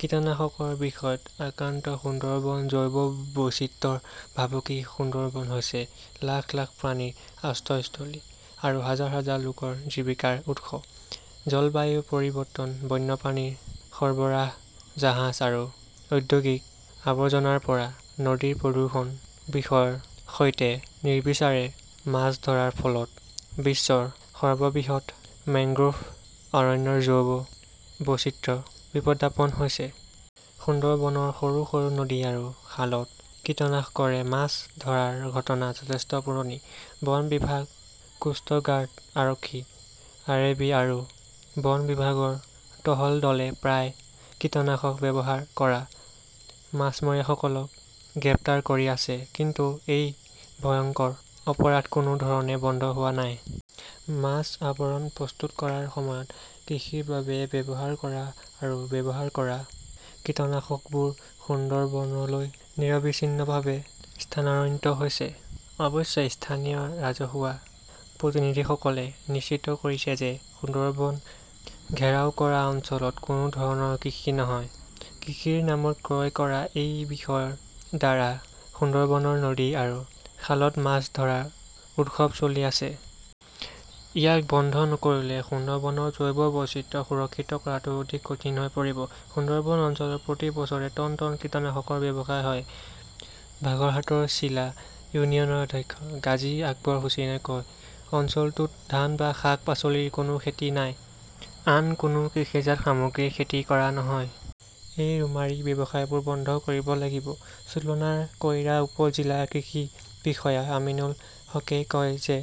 কীটনাশকৰ বিষত আক্ৰান্ত সুন্দৰবন, জৈৱ বৈচিত্ৰ্যৰ ভাবুকি সুন্দৰবন হৈছে লাখ- লাখ প্ৰাণীৰ আশ্ৰয়স্থলী আৰু হাজাৰ- হাজাৰ লোকৰ জীৱিকাৰ উৎস। জলবায়ু পৰিৱৰ্তন, বন্যপ্ৰাণীৰ সৰবৰাহ, জাহাজ আৰু ঔদ্যোগিক আৱৰ্জনাৰ পৰা নদীৰ প্ৰদূষণ, বিষৰ সৈতে নিৰ্বিচাৰে মাছ ধৰাৰ ফলত বিশ্বৰ সৰ্ববৃহৎ মেংগ্ৰোভ অৰণ্যৰ জৈৱ বৈচিত্ৰ্য বিপদাপন্ন হৈছে। সুন্দৰবনৰ সৰু -সৰু নদী আৰু খালত কীটনাশকৰে মাছ ধৰাৰ ঘটনা যথেষ্ট পুৰণি। বন বিভাগ, কোষ্ট গাৰ্ড, আৰক্ষী, আৰএবি আৰু বন বিভাগৰ টহল দলে প্ৰায়ে কীটনাশক ব্যৱহাৰ কৰা মাছমৰীয়াসকলক গ্ৰেপ্তাৰ কৰি আছে। কিন্তু এই ভয়ংকৰ অপৰাধ কোনো ধৰণে বন্ধ হোৱা নাই। মাছৰ আৱৰণ প্ৰস্তুত কৰাৰ সময়ত কৃষিৰ বাবে ব্যৱহাৰ কৰা আৰু ব্যৱহাৰ কৰা কীটনাশকবোৰ সুন্দৰবনলৈ নিৰবিচ্ছিন্নভাৱে স্থানান্তৰিত হৈছে। অৱশ্যে স্থানীয় ৰাজহুৱা প্ৰতিনিধিসকলে নিশ্চিত কৰিছে যে সুন্দৰবন ঘেৰাও কৰা অঞ্চলত কোনো ধৰণৰ কৃষি নহয়। কৃষিৰ নামত ক্ৰয় কৰা এই বিষৰ দ্বাৰা সুন্দৰবনৰ নদী আৰু খালত মাছ ধৰাৰ উৎসৱ চলি আছে। ইয়াক বন্ধ নকৰিলে সুন্দৰবনৰ জৈৱ বৈচিত্ৰ্য সুৰক্ষিত কৰাটো অধিক কঠিন হৈ পৰিব। সুন্দৰবন অঞ্চলত প্ৰতি বছৰে টন -টন কীটনাশকৰ ব্যৱসায় হয়, বাঘৰহাটৰ চিলা ইউনিয়নৰ অধ্যক্ষ গাজী আকবৰ হুচেইনে কয়। অঞ্চলটোত ধান বা শাক-পাচলিৰ কোনো খেতি নাই, আন কোনো কৃষিজাত সামগ্ৰীৰ খেতি কৰা নহয়। এই ৰোমাৰী ব্যৱসায়বোৰ বন্ধ কৰিব লাগিব। চুলনাৰ কইৰা উপ-জিলা কৃষি বিষয়া আমিনুল হকেই কয় যে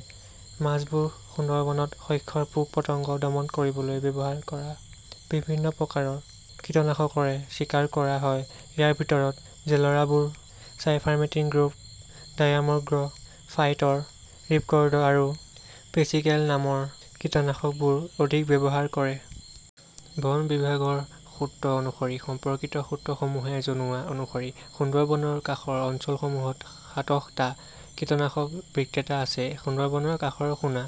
মাছবোৰ সুন্দৰবনত শস্যৰ পোক-পতংগ দমন কৰিবলৈ ব্যৱহাৰ কৰা বিভিন্ন প্ৰকাৰৰ কীটনাশকৰে চিকাৰ কৰা হয়। ইয়াৰ ভিতৰত, জেলৰাবোৰে চাইফাৰমেথ্ৰিন গ্ৰুপ, ডায়ামগ্ৰ ', ফাইটৰ, ৰিপকৰ্ড আৰু পেচিকেল নামৰ কীটনাশকবোৰ অধিক ব্যৱহাৰ কৰে। বন বিভাগৰ সূত্ৰ অনুসৰি, সম্পৰ্কিত সূত্ৰসমূহে জনোৱা অনুসৰি সুন্দৰবনৰ কাষৰ অঞ্চলসমূহত সাতশ টা কীটনাশক বিক্ৰেতা আছে, সুন্দৰবনৰ কাষৰ খুনা,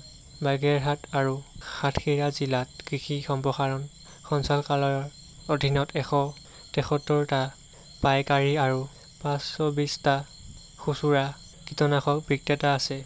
বাগেৰহাট আৰু সাতখিৰা জিলাত কৃষি সম্প্ৰসাৰণ সঞ্চালকালয়ৰ অধীনত এশ তেসত্তৰ টা পাইকাৰী আৰু পাঁচশবিছটা খুচুৰা কীটনাশক বিক্ৰেতা আছে।